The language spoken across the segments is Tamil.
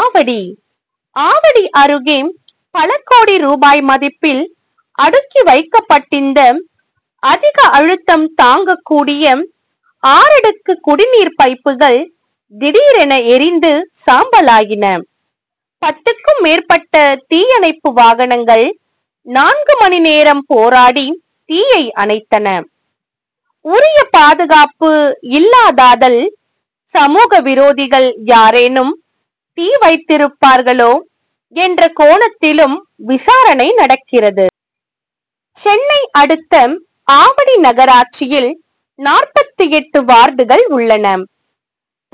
ஆவடி ஆவடி அருகே பல கோடி ரூபாய் மதிப்பில் அடுக்கி வைக்கப்பட்டிந்த அதிக அழுத்தம் தாங்கக் கூடிய ஆறடுக்கு குடிநீர் பைப்புகள் திடீரென எரிந்து சாம்பலாயின. பத்துக்கும் மேற்பட்ட தீயணைப்பு வாகனங்கள் நான்கு மணி நேரம் போராடி தீயை அணைத்தன. உரிய பாதுகாப்பு இல்லாதாதல், சமூக விரோதிகள் யாரேனும் தீ வைத்திருப்பார்களோ என்ற கோணத்திலும் விசாரணை நடக்கிறது. சென்னை அடுத்த ஆவடி நகராட்சியில் நாற்பத்து எட்டு வார்டுகள் உள்ளன.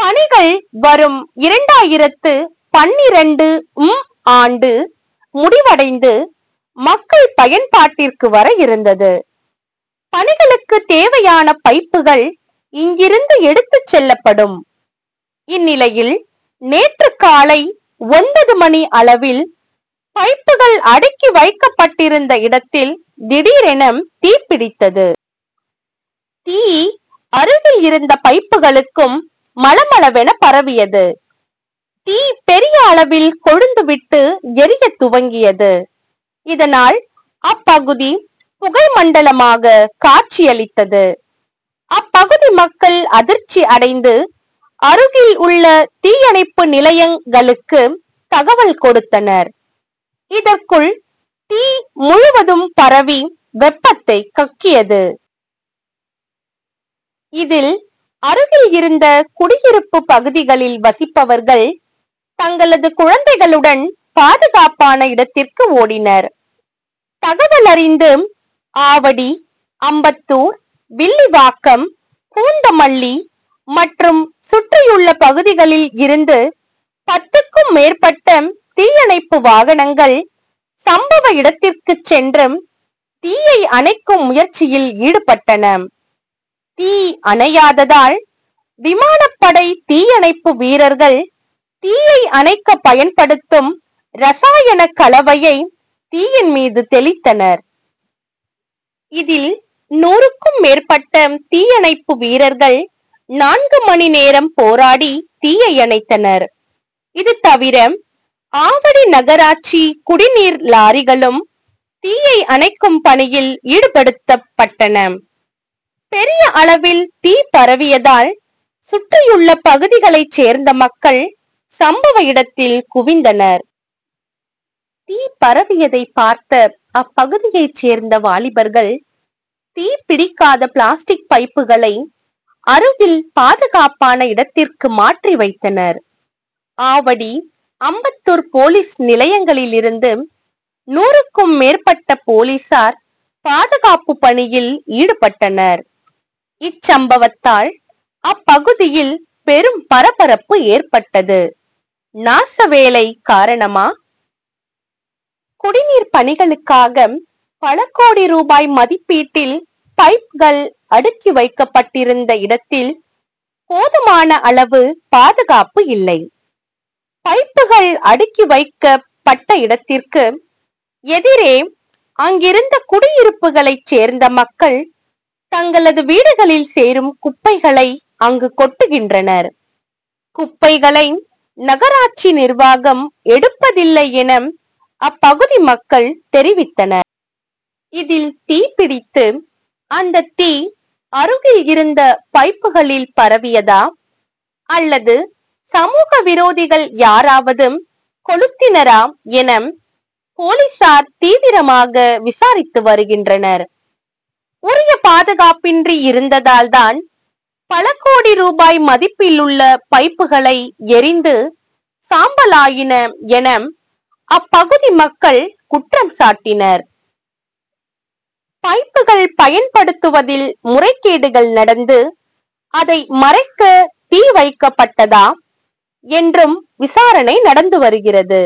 பணிகள், வரும் இரண்டாயிரத்து பன்னிரண்டு ம் ஆண்டு முடிவடைந்து மக்கள் பயன்பாட்டிற்கு வர இருந்தது. பணிகளுக்குத் தேவையான பைப்புகள் இங்கிருந்து எடுத்துச் செல்லப்படும். இந்நிலையில், நேற்று காலை ஒன்பது மணி அளவில், பைப்புகள் அடுக்கி வைக்கப்பட்டிருந்த இடத்தில் திடீரென தீப்பிடித்தது. தீ, அருகில் இருந்த பைப்புகளுக்கும் மளமள'வென பரவியது. தீ பெரிய அளவில் கொழுந்து விட்டு எரியத் துவங்கியது. இதனால், அப்பகுதி புகை மண்டலமாக காட்சியளித்தது. அப்பகுதி மக்கள் அதிர்ச்சி அடைந்து அருகில் உள்ள தீயணைப்பு நிலையங் களுக்கு தகவல் கொடுத்தனர். இதற்குள் தீ முழுவதும் பரவி வெப்பத்தை கக்கியது. இதில், அருகில் இருந்த குடியிருப்பு பகுதிகளில் வசிப்பவர்கள் தங்களது குழந்தைகளுடன் பாதுகாப்பான இடத்திற்கு ஓடினர். தகவலறிந்து ஆவடி, அம்பத்தூர், வில்லிவாக்கம், பூந்தமல்லி மற்றும் சுற்றியுள்ள பகுதிகளில் இருந்து பத்துக்கும் மேற்பட்ட தீயணைப்பு வாகனங்கள் சம்பவ இடத்திற்குச் சென்று, தீயை அணைக்கும் முயற்சியில் ஈடுபட்டன. தீ அணையாததால், விமானப்படை தீயணைப்பு வீரர்கள் தீயை அணைக்க பயன்படுத்தும் ரசாயனக் கலவையை, தீயின் மீது தெளித்தனர். இதில், நூறுக்கும் மேற்பட்ட தீயணைப்பு வீரர்கள் நான்கு மணி நேரம் போராடி தீயை அணைத்தனர். இது தவிர, ஆவடி நகராட்சி குடிநீர் லாரிகளும் தீயை அணைக்கும் பணியில் ஈடுபடுத்தப் பட்டன. பெரிய அளவில் தீ பரவியதால் சுற்றியுள்ள பகுதிகளைச் சேர்ந்த மக்கள், சம்பவ இடத்தில் குவிந்தனர். தீ பரவியதை பார்த்த அப்பகுதியைச் சேர்ந்த வாலிபர்கள், தீ பிடிக்காத பிளாஸ்டிக் பைப்புகளை அருகில் பாதுகாப்பான இடத்திற்கு மாற்றி வைத்தனர். ஆவடி, அம்பத்தூர் போலீஸ் நிலையங்களில் இருந்து நூறுக்கும் மேற்பட்ட போலீசார் பாதுகாப்பு பணியில் ஈடுபட்டனர். இச்சம்பவத்தால் அப்பகுதியில் பெரும் பரபரப்பு ஏற்பட்டது. நாசவேலை காரணமா? குடிநீர் பணிகளுக்காக பலகோடி ரூபாய் மதிப்பீட்டில் பைப்கள் அடுக்கி வைக்கப் பட்டிருந்த இடத்தில் போதுமான அளவு பாதுகாப்பு இல்லை. பைப்புகள் அடுக்கி வைக்கப் பட்ட இடத்திற்கு எதிரே அங்கிருந்த குடியிருப்புகளைச் சேர்ந்த மக்கள் தங்களது வீடுகளில் சேரும் குப்பைகளை அங்கு கொட்டுகின்றனர். குப்பைகளை நகராட்சி நிர்வாகம் எடுப்பதில்லை என, அப்பகுதி மக்கள் தெரிவித்தனர். இதில் தீப்பிடித்து, அந்த தீ அருகில் இருந்த பைப்புகளில் பரவியதா அல்லது சமூக விரோதிகள் யாராவது கொளுத்தினரா என, போலீசார் தீவிரமாக விசாரித்து வருகின்றனர். உரிய பாதுகாப்பின்றி இருந்ததால் தான் பலகோடி ரூபாய் மதிப்பில் உள்ள பைப்புகளை எரிந்து சாம்பலாயின என அப்பகுதி மக்கள் குற்றம் சாட்டினர். பைப்புகள் பயன்படுத்துவதில் முறைகேடுகள் நடந்து, அதை மறைக்க தீ வைக்கப்பட்டதா? என்றும் விசாரணை நடந்து வருகிறது.